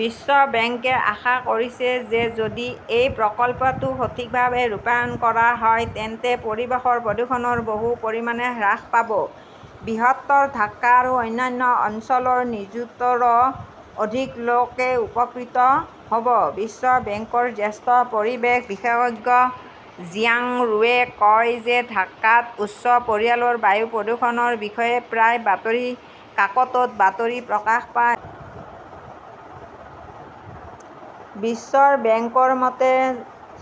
বিশ্ব বেংকে আশা কৰিছে যে যদি এই প্ৰকল্পটো সঠিকভাৱে ৰূপায়ণ কৰা হয় তেন্তে পৰিৱেশৰ প্ৰদূষণ বহু পৰিমাণে হ্ৰাস পাব। বৃহত্তৰ ঢাকা আৰু অন্যান্য অঞ্চলৰ নিযুতৰো অধিক লোকে উপকৃত হ "ব। বিশ্ব বেংকৰ জ্যেষ্ঠ পৰিৱেশ বিশেষজ্ঞ জিয়াং ৰুৱে কয় যে ঢাকাত উচ্চ পৰিমাণৰ বায়ু প্ৰদূষণৰ বিষয়ে প্ৰায়ে বাতৰি কাকতত বাতৰি প্ৰকাশ পায়। বিশ্ব বেংকৰ মতে,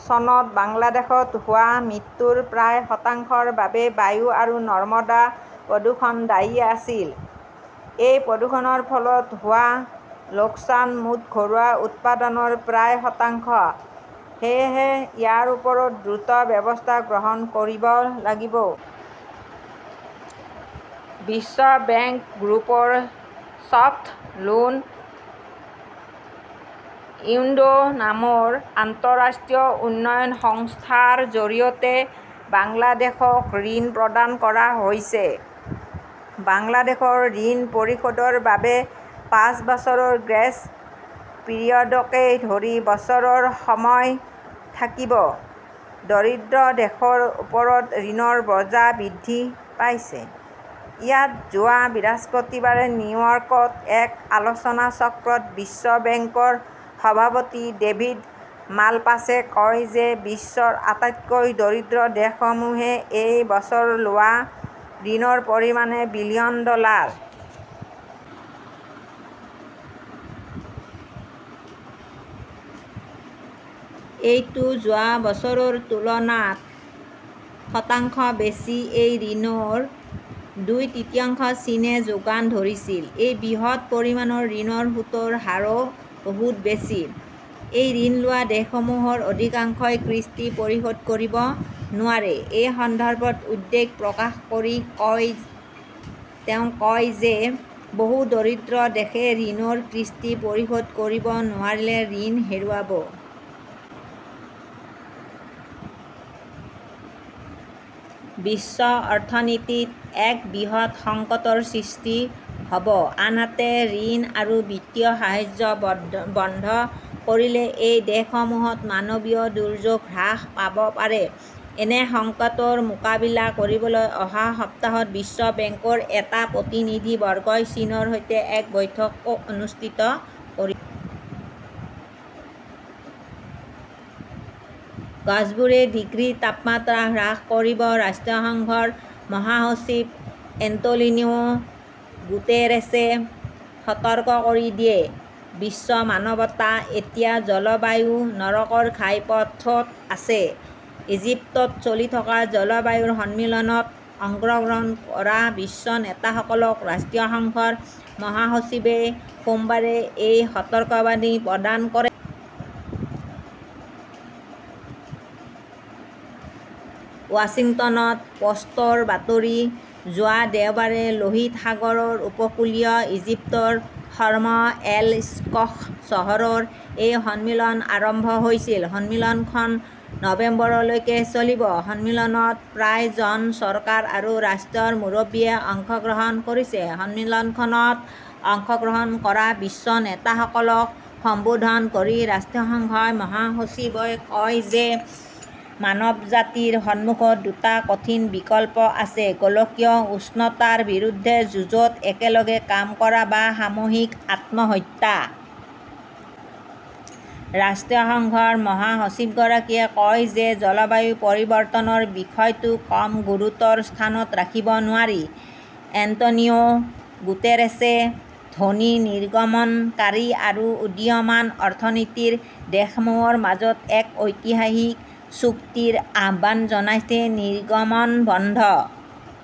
চনত বাংলাদেশত হোৱা মৃত্যুৰ প্ৰায় শতাংশৰ বাবে বায়ু আৰু নৰ্দমা প্ৰদূষণ দায়ী আছিল। এই প্ৰদূষণৰ ফলত হোৱা লোকচান মুঠ ঘৰুৱা উৎপাদনৰ প্ৰায় শতাংশ। সেয়েহে ইয়াৰ ওপৰত দ্ৰুত ব্যৱস্থা গ্ৰহণ কৰিব লাগিব। বিশ্ব বেংক গ্ৰুপৰ চফ্ট লোন উইণ্ডো নামৰ আন্তঃৰাষ্ট্ৰীয় উন্নয়ন সংস্থা ৰ জৰিয়তে বাংলাদেশক ঋণ প্ৰদান কৰা হৈছে। বাংলাদেশৰ ঋণ পৰিশোধৰ বাবে পাঁচ বছৰৰ গ্ৰেছ পিৰিয়ডকে ধৰি বছৰৰ সময় থাকিব। দৰিদ্ৰ দেশৰ ওপৰত ঋণৰ বোজা বৃদ্ধি পাইছেঃ ইয়াত যোৱা বৃহস্পতিবাৰে নিউয়ৰ্কত এক আলোচনাচক্ৰত বিশ্ব বেংকৰ সভাপতি ডেভিদ মালপাছে কয় যে বিশ্বৰ আটাইতকৈ দৰিদ্ৰ দেশসমূহে এই বছৰ লোৱা ঋণৰ পৰিমাণ বিলিয়ন ডলাৰ। এইটো যোৱা বছৰৰ তুলনাত শতাংশ বেছি। এই ঋণৰ দুই তৃতীয়াংশ চীনে যোগান ধৰিছিল। এই বৃহৎ পৰিমাণৰ ঋণৰ সুতৰ হাৰো বহুত বেছি। এই ঋণ লোৱা দেশসমূহৰ অধিকাংশই কিস্তি পৰিশোধ কৰিব নোৱাৰে। এই সন্দৰ্ভত উদ্বেগ প্ৰকাশ কৰি তেওঁ কয় যে বহু দৰিদ্ৰ দেশে ঋণৰ কিস্তি পৰিশোধ কৰিব নোৱাৰিলে ঋণ হেৰুৱাব। বিশ্ব অৰ্থনীতিত এক বৃহৎ সংকটৰ সৃষ্টি হ "ব। আনহাতে, ঋণ আৰু বিত্তীয় সাহায্য বন্ধ কৰিলে এই দেশসমূহত মানৱীয় দুৰ্যোগ হ্ৰাস পাব পাৰে। এনে সংকটৰ মোকাবিলা কৰিবলৈ অহা সপ্তাহত বিশ্ব বেংকৰ এটা প্ৰতিনিধিবৰ্গই চীনৰ সৈতে এখন বৈঠক অনুষ্ঠিত কৰিব। গছবোৰে ডিগ্ৰী তাপমাত্ৰা হ্ৰাস কৰিব ৰাষ্ট্ৰসংঘৰ মহাসচিব এন্টোনিও গুটেৰেছে সতৰ্ক কৰি দিয়ে, "বিশ্ব মানৱতা এতিয়া 'জলবায়ু-নৰকৰ ঘাইপথ" ত আছে। "ইজিপ্তত চলি থকা জলবায়ু সন্মিলন ত অংশগ্ৰহণ কৰা বিশ্ব নেতাসকলক ৰাষ্ট্ৰসংঘৰ মহাসচিবই সোমবাৰে এই সতৰ্কবাণী প্ৰদান কৰে। ৱাশ্বিংটন পোষ্টৰ বাতৰি। যোৱা দেওবাৰে লোহিত সাগৰৰ উপকূলীয় ইজিপ্তৰ শৰ্ম এল-শ্বেইখ চহৰত এই সন্মিলন আৰম্ভ হৈছিল। সন্মিলনখন নৱেম্বৰলৈকে চলিব। সন্মিলনত প্ৰায় জন চৰকাৰ আৰু ৰাষ্ট্ৰৰ মুৰব্বীয়ে অংশগ্ৰহণ কৰিছে। সন্মিলনখনত অংশগ্ৰহণ কৰা বিশ্ব নেতাসকলক সম্বোধন কৰি ৰাষ্ট্ৰসংঘৰ মহাসচিবই কয় যে মানৱজাতিৰ সন্মুখত দুটা কঠিন বিকল্প আছে-গোলকীয় উষ্ণতাৰ বিৰুদ্ধে যুঁজত একেলগে কাম কৰা বা 'সামূহিক আত্মহত্যা "। ৰাষ্ট্ৰসংঘৰ মহাসচিবগৰাকীয়ে কয় যে জলবায়ু পৰিৱৰ্তনৰ বিষয়টো কম গুৰুত্বৰ স্থানত ৰাখিব নোৱাৰি। এণ্টোনিও গুটেৰেছে ধনী নিৰ্গমনকাৰী আৰু উদীয়মান অৰ্থনীতিৰ দেশসমূহৰ মাজত এক 'ঐতিহাসিক "চুক্তিৰ আহ্বান জনাইছে। নিৰ্গমন বন্ধ